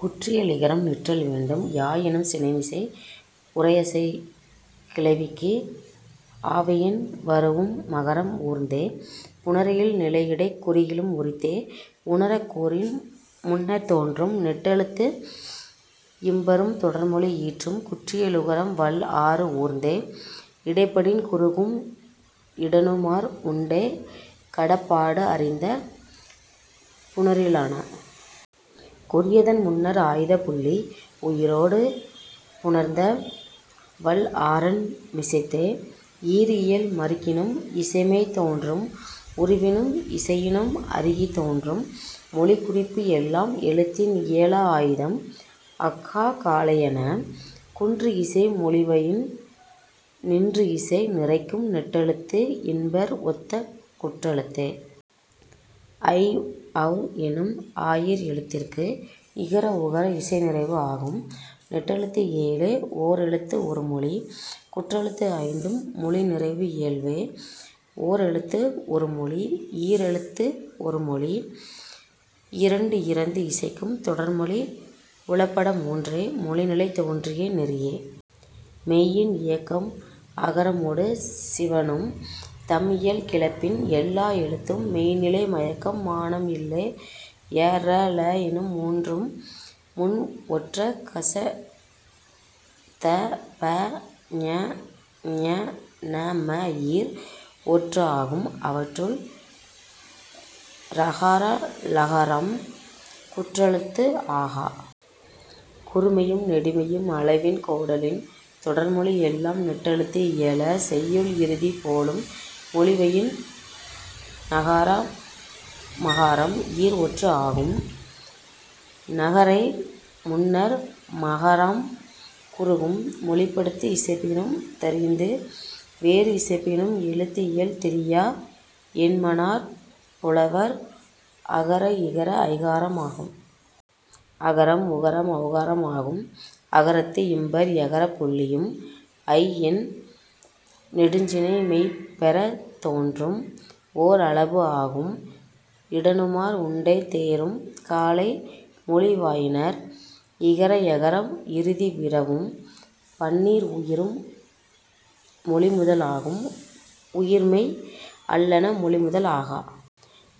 குற்றியலிகரம் நிற்றல் வேண்டும் யா என் சினைமிசை உரையசைக் கிளவிக்கு ஆவயின் வரூஉம் மகரம் ஊர்ந்தே. புணரியல் நிலையிடைக் குறுகலும் உரித்தே உணரக் கூறின் முன்னர்த் தோன்றும். நெட்டெழுத்து இம்பரும் தொடர்மொழி ஈற்றும் குற்றியலுகரம் வல் ஆறு ஊர்ந்தே. இடைப்படின் குறுகும் இடனுமார் உண்டே கடப்பாடு அறிந்த புணரியலான. குறியதன் முன்னர் ஆய்தப் புள்ளி உயிரொடு புணர்ந்த வல் ஆறன் மிசைத்தே. ஈறு இயல் மருங்கினும் இசைமை தோன்றும். உருவினும் இசையினும் அருகித் தோன்றும் மொழிக் குறிப்பு எல்லாம் எழுத்தின் இயலா ஆய்தம் அஃகாக் காலையான. குன்று இசை மொழிவயின் நின்று இசை நிறைக்கும் நெட்டெழுத்து இம்பர் ஒத்த குற்றெழுத்தே. ஐ ஔ என்னும் ஆயீர் எழுத்திற்கு இகர உகரம் இசை நிறைவு ஆகும். நெட்டெழுத்து ஏழே ஓர் எழுத்து ஒருமொழி. குற்றெழுத்து ஐந்தும் மொழி நிறைபு இலவே. ஓர் எழுத்து ஒருமொழி ஈர் எழுத்து ஒருமொழி இரண்டு இறந்து இசைக்கும் தொடர்மொழி உளப்பட மூன்றே மொழி நிலை தோன்றிய நெறியே. மெய்யின் இயக்கம் அகரமொடு சிவணும். தம் இயல் கிளப்பின் எல்லா எழுத்தும் மெய்ந் நிலை மயக்கம் மானம் இல்லை. ய ர ழ என்னும் மூன்றும் முன் ஒற்ற க ச த ப ங ஞ ந ம ஈர் ஒற்று ஆகும். அவற்றுள், ரகார ழகாரம் குற்றொற்று ஆகா. குறுமையும் நெடுமையும் அளவின் கோடலின் தொடர்மொழி எல்லாம் நெட்டெழுத்து இயல. செய்யுள் இறுதிப் போலும் மொழிவயின் னகார மகாரம் ஈர் ஒற்று ஆகும். னகாரை முன்னர் மகாரம் குறுகும். மொழிப்படுத்து இசைப்பினும் தெரிந்து வேறு இசைப்பினும் எழுத்து இயல் திரியா என்மனார் புலவர். அகர இகரம் ஐகாரம் ஆகும். அகர உகரம் ஔகாரம் ஆகும். அகரத்து இம்பர் யகரப் புள்ளியும் ஐ என் நெடுஞ் சினை மெய் பெறத் தோன்றும். ஓர் அளபு ஆகும் இடனுமார் உண்டே தேரும் காலை மொழிவயினான. இகர யகரம் இறுதி விரவும். பன்னீர் உயிரும் மொழி முதல் ஆகும். உயிர் மெய் அல்லன மொழி முதல் ஆகா.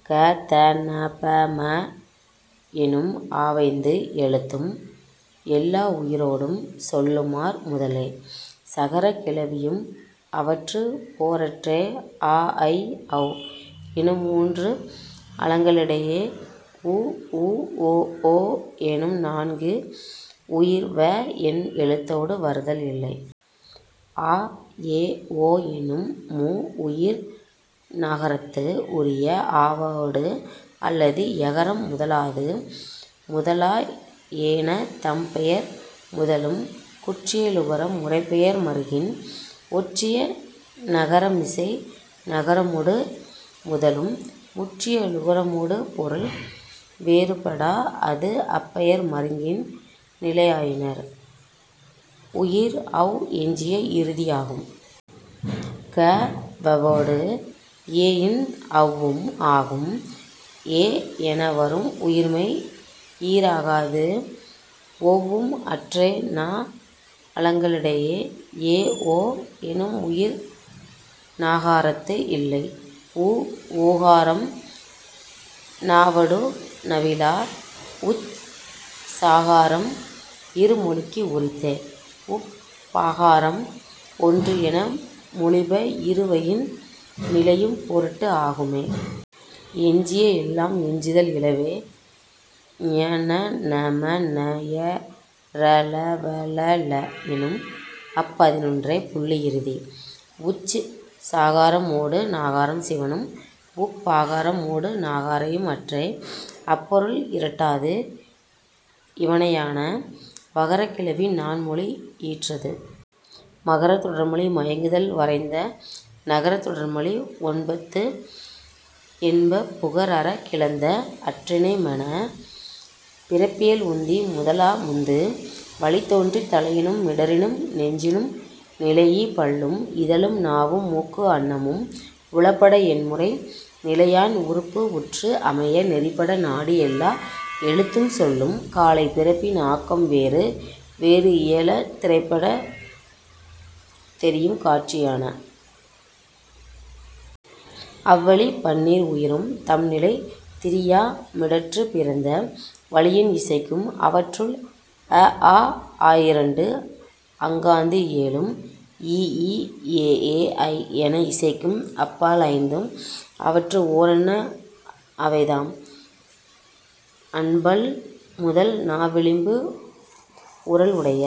க த ந ப ம எனும் ஆவைந்து எழுத்தும் எல்லா உயிரொடும் சொல்லுமார் முதலே. சகரக் கிளவியும் அவற்று ஓரற்றே அ ஐ ஔ எனும் மூன்று அலங்கடையே. உ ஊ ஒ ஓ என்னும் நான்கு உயிர் வ என் எழுத்தொடு வருதல் இல்லை. ஆ எ ஒ எனும் மூ உயிர் ஞகாரத்து உரிய. ஆவொடு அல்லது யகரம் முதலாது. முதலா ஏன தம் பெயர் முதலும். குற்றியலுகரம் முறைப்பெயர் மருங்கின் ஒற்றிய நகரமிசை நகரமொடு முதலும். முற்றியலுகரமொடு பொருள் வேறுபடாஅது அப் பெயர் மருங்கின் நிலையியலான. உயிர் ஔ எஞ்சிய இறுதி ஆகும். க வவொடு இயையின் ஔவும் ஆகும். எ என வரும் உயிர் மெய் ஈறாகாது. ஒவ்வும் அற்றே ந அலங்கடையே. ஏ ஒ எனும் உயிர் ஞகாரத்து இல்லை. உ ஊகாரம் ந வவொடு நவிலா. உச் சகாரம் இரு மொழிக்கு உரித்தே. உப் பகாரம் ஒன்று என மொழிப இரு வயின் நிலையும் பொருட்டு ஆகும்மே. எஞ்சிய எல்லாம் எஞ்சுதல் இலவே. ஞ ண ந ம ன ய ர ல வ ழ ள என்னும் அப் பதினொன்றே புள்ளி இறுதி. உச் சகாரமொடு நகாரம் சிவணும். உப் பகாரமொடு ஞகாரையும் அற்றே அப் பொருள் இரட்டாது இவணையான. வகரக் கிளவி நான் மொழி ஈற்றது. மகரத் தொடர்மொழி மயங்குதல் வரைந்த னகரத் தொடர்மொழி ஒன்பஃது என்ப புகர் அறக் கிளந்த அஃறிணை மேன.. பிறப்பியல் உந்தி முதலா முந்து வளி தோன்றி தலையினும் மிடற்றினும் நெஞ்சினும் நிலைஇ பல்லும் இதழும் நாவும் மூக்கும் அண்ணமும் உளப்பட எண் முறை நிலையான் உறுப்பு உற்று அமைய நெறிப்பட நாடி எல்லா எழுத்தும் சொல்லும் காலை பிறப்பின் ஆக்கம் வேறு வேறு இயல திறப்படத் தெரியும் காட்சியான. அவ் வழி, பன்னீர் உயிரும் தம் நிலை திரியா மிடற்றுப் பிறந்த வளியின் இசைக்கும். அவற்றுள், அ ஆ ஆயிரண்டு அங்காந்து இயலும். இ ஈ எ ஏ ஐ என இசைக்கும் அப் பால் ஐந்தும் அவற்று ஓரன்ன அவைதாம், அண்பல் முதல் நா விளிம்பு உறல் உடைய.